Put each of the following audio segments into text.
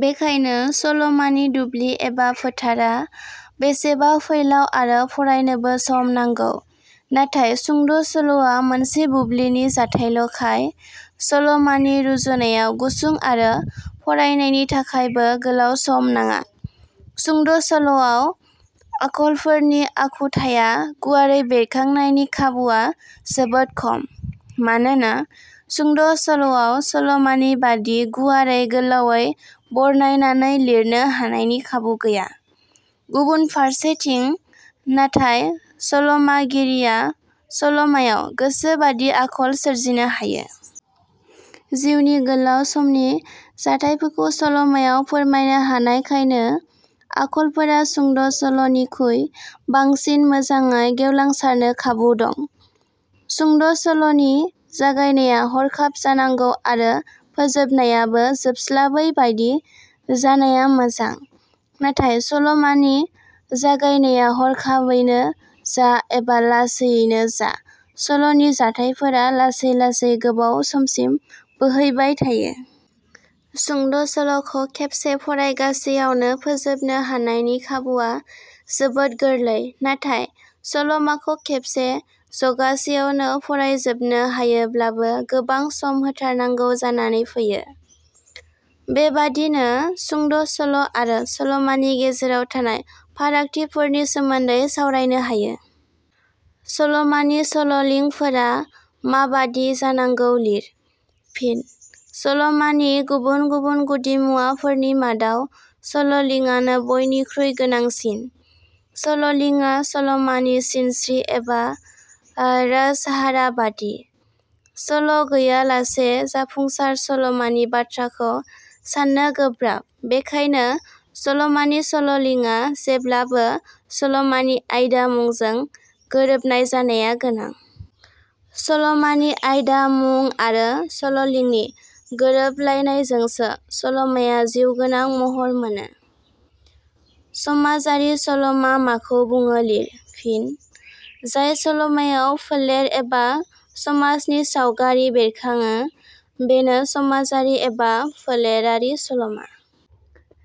बेखायनो सलमानि दुब्लि एबा फोथारा बेसेबा फैलाव आरो फरायनोबो सम नांगौ। नाथाय सुंद' सल'आ मोनसे बुब्लिनि जाथाइल 'खाय सल 'मानि रुजुनायाव गुसुं आरो फरायनायनि थाखायबो गोलाव सम नाङा। सुंद' सल'आव आखलफोरनि आखुथाइया गुवारै बेरखांनायनि खाबुवा जोबोद खम, मानोना सुंद' सल'आव सल'मानि बादि गुवारै, गोलावै बरनायनानै लिरनो हानायनि खाबु गैया, गुबुन फारसेथिं नाथाय सल' मागिरिया सल'मायाव गोसोबादि आखल सोरजिनो हायो। जिउनि गोलाउ समनि जाथाइखौ सल'मायाव फोरमायनो हानायखायनो आखलफोरा सुंद' सल 'निखुइ बांसिन मोजाङै गेवलांसारनो खाबु दं। सुंद' सल 'नि जागायनाया हरखाब जानांगौ आरो फोजोबनायाबो जोबस्लाबै बादि जानाया मोजां, नाथाय सलमानि जागायनाया हरखाबैनो जा एबा लासैयैनो जा सल'नि जाथाइफोरा लासै लासै गोबाव समसिम बोहैबाय थायो। सुंद' सल 'खौ खेबसे फरायगासेयावनो फोजोबनो हानायनि खाबुवा जोबोद गोरलै नाथाय सल'माखौ खेबसे जगासेयावनो फरायजोबनो हायोब्लाबो गोबां सम होथारनांगौ जानानै फैयो। बेबादिनो सुंद' सल' आरो सल 'मानि गेजेराव थानाय फारागथिफोरनि सोमोन्दै सावरायनो हायो। सलमानि सल 'लिं फोरा माबादि जानांगौ, लिर। फिन: सल'मानि गुबुन गुबुन गुदिमुवाफोरनि मादाव सल'लिंआनो बयनिखुइ गोनांसिन। सल'लिंआ सलमानि सिनस्रि एबा राज हाराबादि। सल' गैयालासे जाफुंसार सलमानि बाथ्राखौ साननो गोब्राब। बेखायनो सल'मानि सल 'लिंआ जेब्लाबो सलमानि आयदा मुंजों गोरोबनाय जानाया गोनां। सलमानि आयदा मुं आरो सल 'लिंनि गोरोबलायनायजोंसो सल 'माया जिउ गोनां महर मोनो। समाजारि सल 'मा माखौ बुङो लिर? फिन: जाय सल 'मायाव फोलेर एबा समाजनि सावगारि बेरखाडो बेनो समाजारि एबा फोलेरारि सल'मा।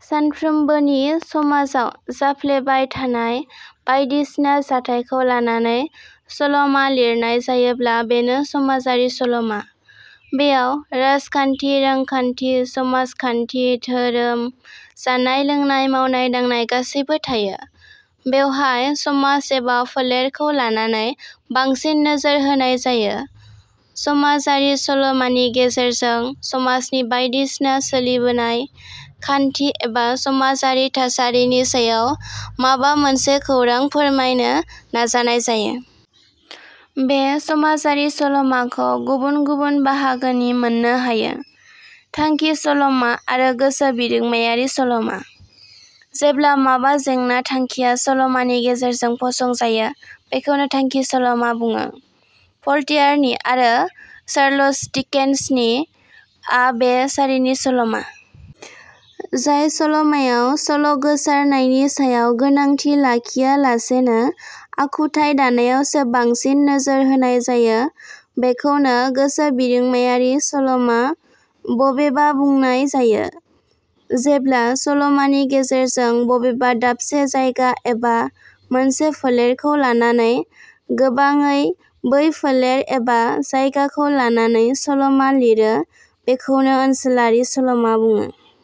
सानफ्रोमबोनि समाजाव जाफ्लेबायथानाय बायदिसिना जाथाइखौ लानानै सल'मा लिरनाय जायोब्ला बेनो समाजारि सलमा। बेयाव राजखान्थि, रांखान्थि, समाजखान्थि, धोरोम, जानाय- लोंनाय मावनाय-दांनाय गासैबो थायो। बेवहाय समाज एबा फोलेरखौ लानानै बांसिन नोजोर होनाय जायो। समाजारि सल 'मानि गेजेरजों समाजनि बायदिसिना सोलिबोनाय खान्थि एबा समाजारि थासारिनि सायाव माबा मोनसे खौरां फोरमायनो नाजानाय जायो। बे समाजारि सल'माखौ गुबुन गुबुन बाहागोनि मोननो हायो-थांखि सल'मा आरो गोसो बिरोंमायारि सल'मा। जेब्ला माबा जेंना थांखिया सलमानि गेजेरजों फसंजायो बेखौनो थांखि सल'मा बुङो। भलतेयारनि "" आरो सार्लच डिकेन्सनि "" आ बे सारिनि सल'मा। जाय सल'मायाव सल' गोसारनायनि सायाव गोनांथि लाखियालासेनो आखुथाइ दानायावसो बांसिन नोजोर होनाय जायो बेखौनो गोसो बिरोंमायारि सल 'मा बबेबा बुंनाय जायो। जेब्ला सलमानि गेजेरजों बबेबा दाबसे जायगा एबा मोनसे फोलेरखौ लानानै गोबाडै बै फोलेर एबा जायगाखौ लानानै सल 'मा लिरो बेखौनो ओनसोलारि सल'मा बुङो।